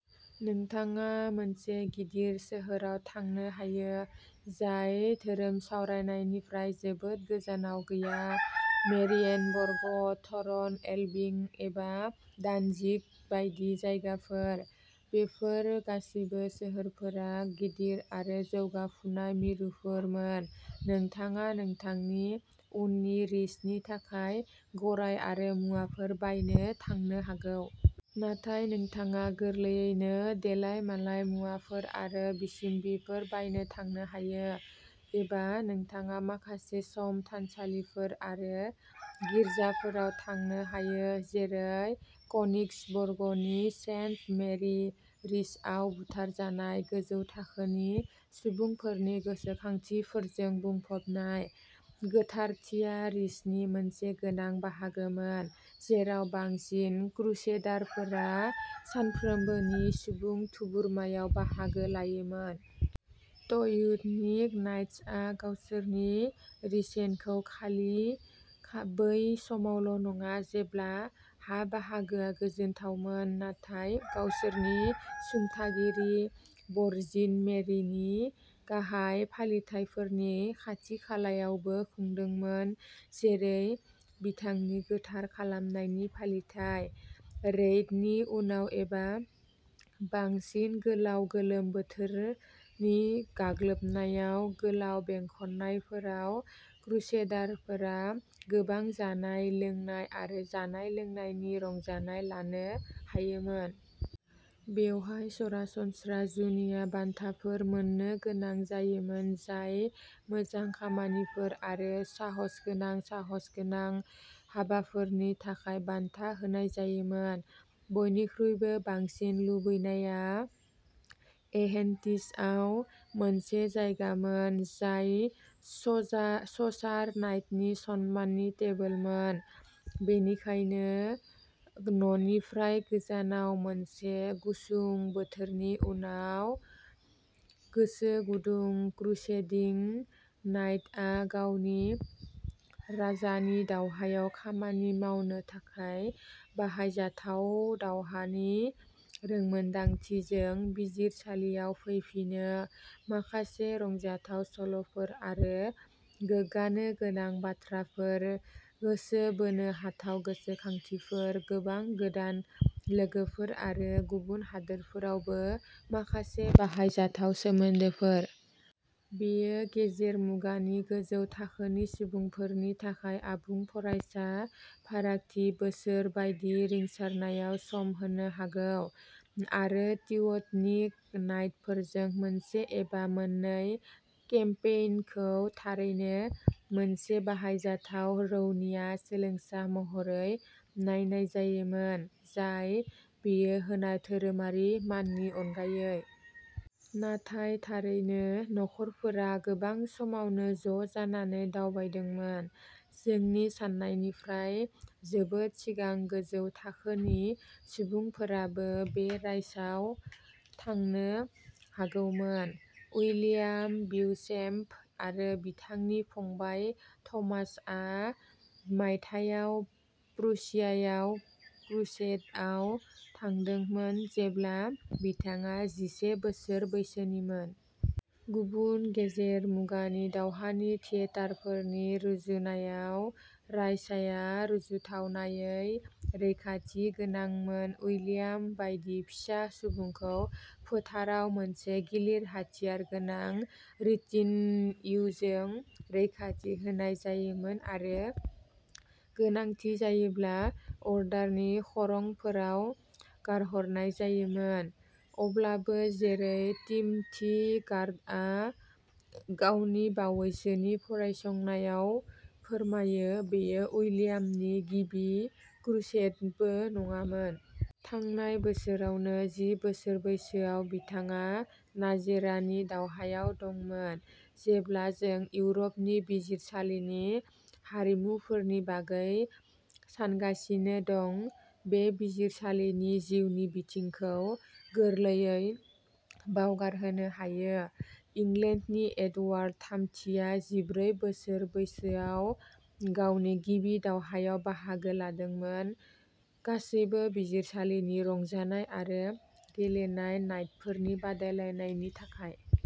नोंथाङा मोनसे गिदिर सोहोराव थांनो हायो, जाय धोरोमसावरायनिफ्राय जोबोद गोजानाव गैया मेरियेनबर्ग, थर्न, एलबिं एबा दानजिग बायदि जायगाफोर। बेफोर गासैबो सोहोरफोरा गिदिर आरो जौगाफुनाय मिरुफोरमोन। नोंथाङा नोंथांनि उननि रिसनि थाखाय गराय आरो मुवाफोर बायनो थांनो हागौ। नाथाय नोंथाङा गोरलैयैनो देलायमालाय मुवाफोर आरो बिसम्बिफोर बायनो थांनो हायो। एबा नोंथाङा माखासे सम थानसालिफोर आरो गिर्जाफोराव थांनो हायो, जेरै कनिग्सबर्गनि सेन्ट मेरि, रिसआव बुथारजानाय गोजौ थाखोनि सुबुंफोरनि गोसोखांथिफोरजों बुंफबनाय। गोथारथिया रिसनि मोनसे गोनां बाहागोमोन, जेराव बांसिन क्रुसेडारफोरा सानफ्रोमबोनि सुबुं थुबुरमायाव बाहागो लायोमोन। ट्यूटनिक नाइट्सआ गावसोरनि रिसेनखौ खालि बै समावल' नङा, जेब्ला हा बाहागोआ गोजोनथावमोन, नाथाय गावसोरनि सुंथागिरि, वर्जिन मेरिनि गाहाय फालिथायफोरनि खाथि खालायावबो खुंदोंमोन, जेरै बिथांनि गोथार खालामनायनि फालिथाइ। रेइडनि उनाव एबा बांसिन गोलाव गोलोम बोथोरनि गाग्लोबनायाव, गोलाव बेंखननायफोराव, क्रुसेडारफोरा गोबां जानाय-लोंनाय आरो जानाय-लोंनायनि रंजानाय लानो हायोमोन। बेवहाय सरासनस्रा जुनिया बान्थाफोर मोन्नो गोनां जायोमोन, जाय मोजां खामानिफोर आरो साहसगोनां साहसगोनां हाबाफोरनि थाखाय बान्था होनाय जायोमोन। बयनिख्रुइबो बांसिन लुबैनाया एह्रेन्टिशआव मोनसे जायगामोन, जाय चजार चसार नाइटनि सन्माननि टेबोलमोन। बेनिखायनो न'निफ्राय गोजानाव मोनसे गुसुं बोथोरनि उनाव, गोसोगुदुं क्रुसेडिं नाइटआ गावनि राजानि दावहायाव खामानि मावनो थाखाय बाहायजाथाव'दावहानि रोंमोनदांथि'जों बिजिरसालियाव फैफिनो, माखासे रंजाथाव सल'फोर आरो गोग्गानो गोनां बाथ्राफोर, गोसो बोनो हाथाव गोसोखांथिफोर, गोबां गोदान लोगोफोर आरो गुबुन हादोरफोरावबो माखासे बाहायजाथाव सोमोन्दोफोर। बेयो गेजेर मुगानि गोजौ थाखोनि सुबुंफोरनि थाखाय आबुं फरायसा फारागथि बोसोर बायदि रिंसारनायाव सम होनो हागौ। आरो टिउटनिक नाइटफोरजों मोनसे एबा मोननै केम्पेइनखौ थारैनो मोनसे बाहायजाथाव रौनिया सोलोंसा महरै नायनाय जायोमोन, जाय बेयो होनाय धोरोमारि माननि अनगायै। नाथाय थारैनो, नखरफोरा गोबां समावनो ज' जानानै दावबायदोंमोन। जों सान्नायनिफ्राय जोबोद सिगां गोजौ थाखोनि सुबुंफोराबो बे रायसाव थांनो हागौमोन। उइलियाम बेउचेम्प आरो बिथांनि फंबाय थमासआ मायथाइयाव प्रुसियायाव क्रुसेडआव थांदोंमोन, जेब्ला बिथाङा जिसे बोसोर बैसोनिमोन। गुबुन गेजेर मुगानि दावहानि थियेटारफोरनि रुजुनायाव, रायसाया रुजुथावनायै रैखाथि गोनांमोन उइलियाम बायदि फिसा सुबुंखौ फोथाराव मोनसे गिलिर-हाथियारगोनां रिटिन्युजों रैखाथि होनाय जायोमोन आरो गोनांथि जायोब्ला अर्डारनि खरंफोराव गारहरनाय जायोमोन। अब्लाबो जेरै टिमथि गार्डआ गावनि बावैसोनि फरायसंनायाव फोरमायो, बेयो उइलियामनि गिबि क्रुसेडबो नङामोन। थांनाय बोसोरावनो, जि बोसोर बैसोआव, बिथाङा नाजेरानि दावहायाव दंमोन। जेब्ला जों इउर'पनि बिजिरसालिनि हारिमुफोरनि बागै सानगासिनो दं, बे बिजिरसालिनि जिउनि बिथिंखौ गोरलैयै बावगारनो हायो। इंलेन्डनि एडवार्ड थामथिआ जिब्रै बोसोर बैसोआव गावनि गिबि दावहायाव बाहागो लादोंमोन। गासैबो बिजिरसालिनि रंजानाय आरो गेलेनाय नाइटफोरनि बादायलायनायनि थाखाय।